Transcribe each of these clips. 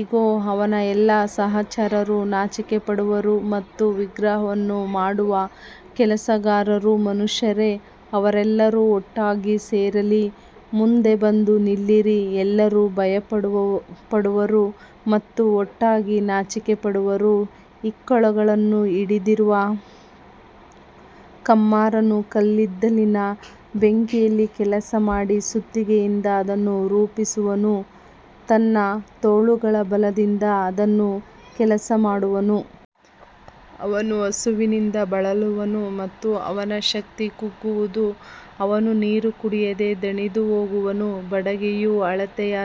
ಇಗೋ, ಅವನ ಎಲ್ಲಾ ಸಹಚರರು ನಾಚಿಕೆಪಡುವರು ಮತ್ತು ವಿಗ್ರಹವನ್ನು ಮಾಡುವ ಕೆಲಸಗಾರರೂ ಮನುಷ್ಯರೇ. ಅವರೆಲ್ಲರೂ ಒಟ್ಟಾಗಿ ಸೇರಲಿ, ಮುಂದೆ ಬಂದು ನಿಲ್ಲಲಿ. ಅವರು ಭಯಪಡುವರು ಮತ್ತು ಒಟ್ಟಾಗಿ ನಾಚಿಕೆಪಡುವರು. ಇಕ್ಕುಳಗಳನ್ನು ಹಿಡಿದಿರುವ ಕಮ್ಮಾರನು ಕಲ್ಲಿದ್ದಲಿನ ಬೆಂಕಿಯಲ್ಲಿ ಕೆಲಸಮಾಡಿ ಸುತ್ತಿಗೆಯಿಂದ ಅದನ್ನು ರೂಪಿಸುವನು. ತನ್ನ ತೋಳುಗಳ ಬಲದಿಂದ ಅದನ್ನು ಕೆಲಸಮಾಡುವನು. ಅವನು ಹಸಿವಿನಿಂದ ಬಳಲುವನು ಮತ್ತು ಅವನ ಶಕ್ತಿ ಕುಗ್ಗುವುದು. ಅವನು ನೀರು ಕುಡಿಯದೆ ದಣಿದುಹೋಗುವನು. ಬಡಗಿಯು ಅಳತೆಯ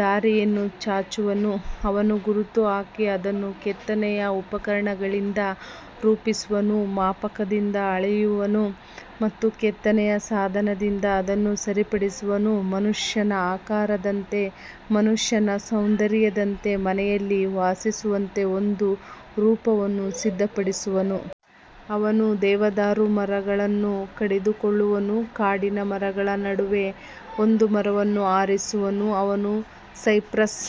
ದಾರಿಯನ್ನು ಚಾಚುವನು. ಅವನು ಗುರುತು ಹಾಕಿ ಅದನ್ನು ಕೆತ್ತನೆಯ ಉಪಕರಣಗಳಿಂದ ರೂಪಿಸುವನು. ಮಾಪಕದಿಂದ ಅಳೆಯುವನು ಮತ್ತು ಕೆತ್ತನೆಯ ಸಾಧನದಿಂದ ಅದನ್ನು ಸರಿಪಡಿಸುವನು. ಮನುಷ್ಯನ ಆಕಾರದಂತೆ, ಮನುಷ್ಯನ ಸೌಂದರ್ಯದಂತೆ, ಮನೆಯಲ್ಲಿ ವಾಸಿಸುವಂತೆ ಒಂದು ರೂಪವನ್ನು ಸಿದ್ಧಪಡಿಸುವನು. ಅವನು ದೇವದಾರು ಮರಗಳನ್ನು ಕಡಿದುಕೊಳ್ಳುವನು. ಕಾಡಿನ ಮರಗಳ ನಡುವೆ ಒಂದು ಮರವನ್ನು ಆರಿಸುವನು. ಅವನು ಸೈಪ್ರಸ್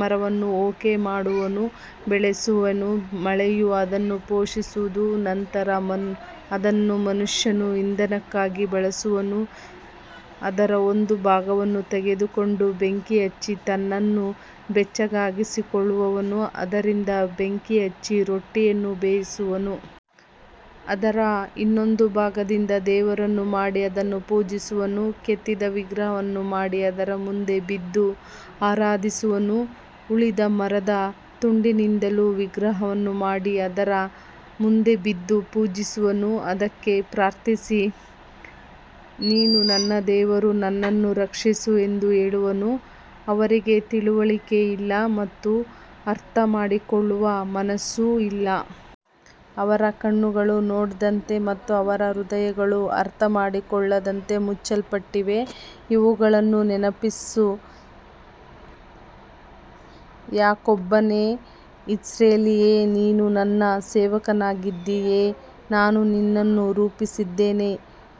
ಮರವನ್ನೂ ಓಕ್ ಮರವನ್ನೂ ಬೆಳೆಸುವನು. ಮಳೆಯು ಅದನ್ನು ಪೋಷಿಸುವುದು. ನಂತರ ಅದನ್ನು ಮನುಷ್ಯನು ಇಂಧನಕ್ಕಾಗಿ ಬಳಸುವನು. ಅದರ ಒಂದು ಭಾಗವನ್ನು ತೆಗೆದುಕೊಂಡು ಬೆಂಕಿ ಹಚ್ಚಿ ತನ್ನನ್ನು ಬೆಚ್ಚಗಾಗಿಸಿಕೊಳ್ಳುವನು. ಅದರಿಂದ ಬೆಂಕಿ ಹಚ್ಚಿ ರೊಟ್ಟಿಯನ್ನು ಬೇಯಿಸುವನು. ಅದರ ಇನ್ನೊಂದು ಭಾಗದಿಂದ ದೇವರನ್ನು ಮಾಡಿ ಅದನ್ನು ಪೂಜಿಸುವನು. ಕೆತ್ತಿದ ವಿಗ್ರಹವನ್ನು ಮಾಡಿ ಅದರ ಮುಂದೆ ಬಿದ್ದು ಆರಾಧಿಸುವನು. ಉಳಿದ ಮರದ ತುಂಡಿನಿಂದಲೂ ವಿಗ್ರಹವನ್ನು ಮಾಡಿ ಅದರ ಮುಂದೆ ಬಿದ್ದು ಪೂಜಿಸುವನು. ಅದಕ್ಕೆ ಪ್ರಾರ್ಥಿಸಿ, ನೀನು ನನ್ನ ದೇವರು, ನನ್ನನ್ನು ರಕ್ಷಿಸು ಎಂದು ಹೇಳುವನು. ಅವರಿಗೆ ತಿಳುವಳಿಕೆ ಇಲ್ಲ ಮತ್ತು ಅರ್ಥಮಾಡಿಕೊಳ್ಳುವ ಮನಸ್ಸೂ ಇಲ್ಲ. ಅವರ ಕಣ್ಣುಗಳು ನೋಡದಂತೆ ಮತ್ತು ಅವರ ಹೃದಯಗಳು ಅರ್ಥಮಾಡಿಕೊಳ್ಳದಂತೆ ಮುಚ್ಚಲ್ಪಟ್ಟಿವೆ. ಇವುಗಳನ್ನು ನೆನಪಿಸು, ಯಾಕೋಬನೇ, ಇಸ್ರಾಯೇಲೇ, ನೀನು ನನ್ನ ಸೇವಕನಾಗಿದ್ದೀಯೆ. ನಾನು ನಿನ್ನನ್ನು ರೂಪಿಸಿದ್ದೇನೆ.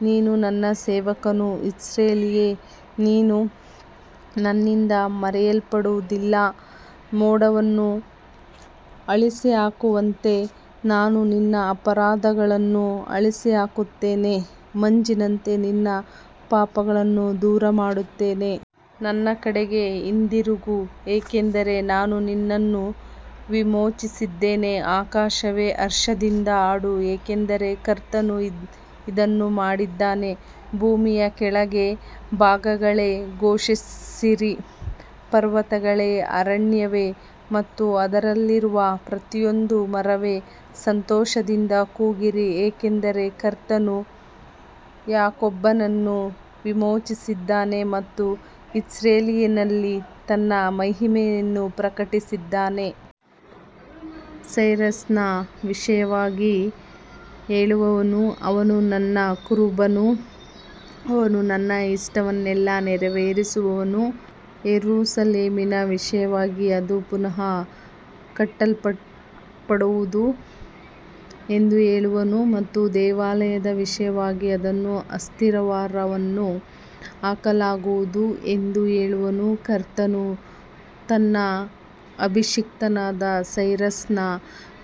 ನೀನು ನನ್ನ ಸೇವಕನು. ಇಸ್ರಾಯೇಲೇ, ನೀನು ನನ್ನಿಂದ ಮರೆಯಲ್ಪಡುವುದಿಲ್ಲ. ಮೋಡವನ್ನು ಅಳಿಸಿಹಾಕುವಂತೆ ನಾನು ನಿನ್ನ ಅಪರಾಧಗಳನ್ನು ಅಳಿಸಿಹಾಕಿದ್ದೇನೆ. ಮಂಜಿನಂತೆ ನಿನ್ನ ಪಾಪಗಳನ್ನು ದೂರಮಾಡಿದ್ದೇನೆ. ನನ್ನ ಕಡೆಗೆ ಹಿಂದಿರುಗು, ಏಕೆಂದರೆ ನಾನು ನಿನ್ನನ್ನು ವಿಮೋಚಿಸಿದ್ದೇನೆ. ಆಕಾಶವೇ, ಹರ್ಷದಿಂದ ಹಾಡು, ಏಕೆಂದರೆ ಕರ್ತನು ಇದನ್ನು ಮಾಡಿದ್ದಾನೆ. ಭೂಮಿಯ ಕೆಳಗಿನ ಭಾಗಗಳೇ, ಘೋಷಿಸಿರಿ. ಪರ್ವತಗಳೇ, ಅರಣ್ಯವೇ ಮತ್ತು ಅದರಲ್ಲಿರುವ ಪ್ರತಿಯೊಂದು ಮರವೇ, ಸಂತೋಷದಿಂದ ಕೂಗಿರಿ. ಏಕೆಂದರೆ ಕರ್ತನು ಯಾಕೋಬನನ್ನು ವಿಮೋಚಿಸಿದ್ದಾನೆ ಮತ್ತು ಇಸ್ರಾಯೇಲಿನಲ್ಲಿ ತನ್ನ ಮಹಿಮೆಯನ್ನು ಪ್ರಕಟಿಸಿದ್ದಾನೆ. ಸೈರಸನ ವಿಷಯವಾಗಿ ಹೇಳುವವನು, ಅವನು ನನ್ನ ಕುರುಬನು. ಅವನು ನನ್ನ ಇಷ್ಟವನ್ನೆಲ್ಲ ನೆರವೇರಿಸುವನು. ಯೆರೂಸಲೇಮಿನ ವಿಷಯವಾಗಿ, ಅದು ಪುನಃ ಕಟ್ಟಲ್ಪಡುವುದು ಎಂದು ಹೇಳುವನು ಮತ್ತು ದೇವಾಲಯದ ವಿಷಯವಾಗಿ, ಅದರ ಅಸ್ತಿವಾರವನ್ನು ಹಾಕಲಾಗುವುದು ಎಂದು ಹೇಳುವನು. ಕರ್ತನು ತನ್ನ ಅಭಿಷಿಕ್ತನಾದ ಸೈರಸನ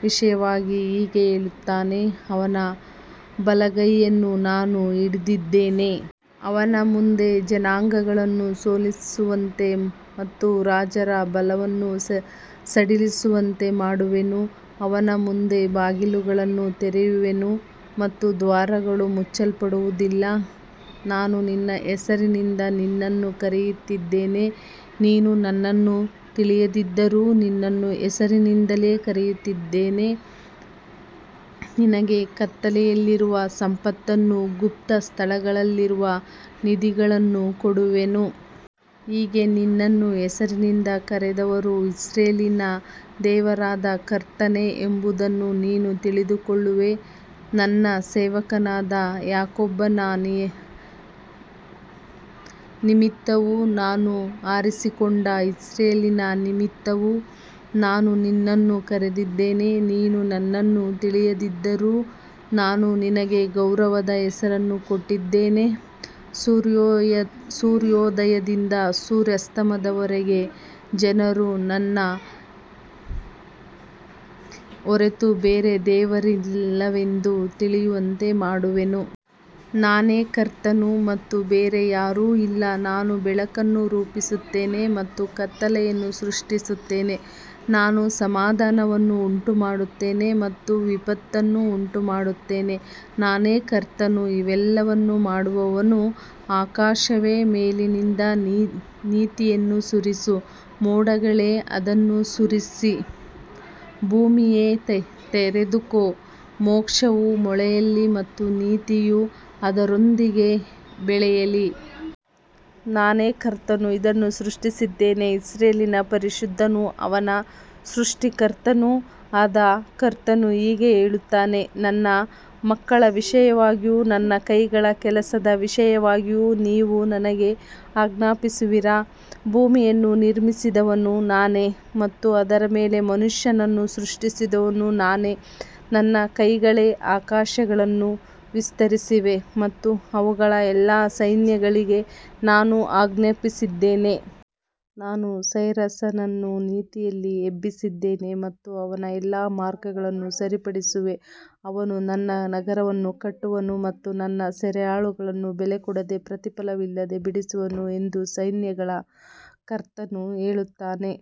ವಿಷಯವಾಗಿ ಹೀಗೆ ಹೇಳುತ್ತಾನೆ. ಅವನ ಬಲಗೈಯನ್ನು ನಾನು ಹಿಡಿದಿದ್ದೇನೆ. ಅವನ ಮುಂದೆ ಜನಾಂಗಗಳನ್ನು ಸೋಲಿಸುವಂತೆ ಮತ್ತು ರಾಜರ ಬಲವನ್ನು ಸಡಿಲಿಸುವಂತೆ ಮಾಡುವೆನು. ಅವನ ಮುಂದೆ ಬಾಗಿಲುಗಳನ್ನು ತೆರೆಯುವೆನು ಮತ್ತು ದ್ವಾರಗಳು ಮುಚ್ಚಲ್ಪಡುವುದಿಲ್ಲ. ನಾನು ನಿನ್ನ ಹೆಸರಿನಿಂದ ನಿನ್ನನ್ನು ಕರೆದಿದ್ದೇನೆ. ನೀನು ನನ್ನನ್ನು ತಿಳಿಯದಿದ್ದರೂ ನಿನ್ನನ್ನು ಹೆಸರಿನಿಂದಲೇ ಕರೆದಿದ್ದೇನೆ. ನಿನಗೆ ಕತ್ತಲೆಯಲ್ಲಿರುವ ಸಂಪತ್ತನ್ನೂ ಗುಪ್ತ ಸ್ಥಳಗಳಲ್ಲಿರುವ ನಿಧಿಗಳನ್ನೂ ಕೊಡುವೆನು. ಹೀಗೆ ನಿನ್ನನ್ನು ಹೆಸರಿನಿಂದ ಕರೆದವನು ಇಸ್ರಾಯೇಲಿನ ದೇವರಾದ ಕರ್ತನೇ ಎಂಬುದನ್ನು ನೀನು ತಿಳಿದುಕೊಳ್ಳುವೆ. ನನ್ನ ಸೇವಕನಾದ ಯಾಕೋಬನ ನಿಮಿತ್ತವೂ ನಾನು ಆರಿಸಿಕೊಂಡ ಇಸ್ರಾಯೇಲಿನ ನಿಮಿತ್ತವೂ ನಾನು ನಿನ್ನನ್ನು ಕರೆದಿದ್ದೇನೆ. ನೀನು ನನ್ನನ್ನು ತಿಳಿಯದಿದ್ದರೂ ನಾನು ನಿನಗೆ ಗೌರವದ ಹೆಸರನ್ನು ಕೊಟ್ಟಿದ್ದೇನೆ. ಸೂರ್ಯೋದಯದಿಂದ ಸೂರ್ಯಾಸ್ತದವರೆಗೆ ಜನರು ನನ್ನ ಹೊರತು ಬೇರೆ ದೇವರಿಲ್ಲವೆಂದು ತಿಳಿಯುವಂತೆ ಮಾಡುವೆನು. ನಾನೇ ಕರ್ತನು ಮತ್ತು ಬೇರೆ ಯಾರೂ ಇಲ್ಲ. ನಾನು ಬೆಳಕನ್ನು ರೂಪಿಸುತ್ತೇನೆ ಮತ್ತು ಕತ್ತಲೆಯನ್ನು ಸೃಷ್ಟಿಸುತ್ತೇನೆ. ನಾನು ಸಮಾಧಾನವನ್ನು ಉಂಟುಮಾಡುತ್ತೇನೆ ಮತ್ತು ವಿಪತ್ತನ್ನು ಉಂಟುಮಾಡುತ್ತೇನೆ. ನಾನೇ ಕರ್ತನು, ಇವೆಲ್ಲವನ್ನೂ ಮಾಡುವವನು. ಆಕಾಶವೇ, ಮೇಲಿನಿಂದ ನೀತಿಯನ್ನು ಸುರಿಸು. ಮೋಡಗಳೇ, ಅದನ್ನು ಸುರಿಸಿರಿ. ಭೂಮಿಯೇ, ತೆರೆದುಕೋ. ಮೋಕ್ಷವು ಮೊಳೆಯಲಿ ಮತ್ತು ನೀತಿಯು ಅದರೊಂದಿಗೆ ಬೆಳೆಯಲಿ. ನಾನೇ ಕರ್ತನು ಇದನ್ನು ಸೃಷ್ಟಿಸಿದ್ದೇನೆ. ಇಸ್ರಾಯೇಲಿನ ಪರಿಶುದ್ಧನೂ ಅವನ ಸೃಷ್ಟಿಕರ್ತನೂ ಆದ ಕರ್ತನು ಹೀಗೆ ಹೇಳುತ್ತಾನೆ. ನನ್ನ ಮಕ್ಕಳ ವಿಷಯವಾಗಿಯೂ ನನ್ನ ಕೈಗಳ ಕೆಲಸದ ವಿಷಯವಾಗಿಯೂ ನೀವು ನನಗೆ ಆಜ್ಞಾಪಿಸುವಿರಾ? ಭೂಮಿಯನ್ನು ನಿರ್ಮಿಸಿದವನು ನಾನೇ ಮತ್ತು ಅದರ ಮೇಲೆ ಮನುಷ್ಯನನ್ನು ಸೃಷ್ಟಿಸಿದವನು ನಾನೇ. ನನ್ನ ಕೈಗಳೇ ಆಕಾಶಗಳನ್ನು ವಿಸ್ತರಿಸಿವೆ ಮತ್ತು ಅವುಗಳ ಎಲ್ಲಾ ಸೈನ್ಯಗಳಿಗೆ ನಾನು ಆಜ್ಞಾಪಿಸಿದ್ದೇನೆ. ನಾನು ಸೈರಸನನ್ನು ನೀತಿಯಲ್ಲಿ ಎಬ್ಬಿಸಿದ್ದೇನೆ ಮತ್ತು ಅವನ ಎಲ್ಲಾ ಮಾರ್ಗಗಳನ್ನು ಸರಿಪಡಿಸುವೆನು. ಅವನು ನನ್ನ ನಗರವನ್ನು ಕಟ್ಟುವನು ಮತ್ತು ನನ್ನ ಸೆರೆಯಾಳುಗಳನ್ನು ಬೆಲೆಕೊಡದೆ, ಪ್ರತಿಫಲವಿಲ್ಲದೆ ಬಿಡಿಸುವನು ಎಂದು ಸೈನ್ಯಗಳ ಕರ್ತನು ಹೇಳುತ್ತಾನೆ.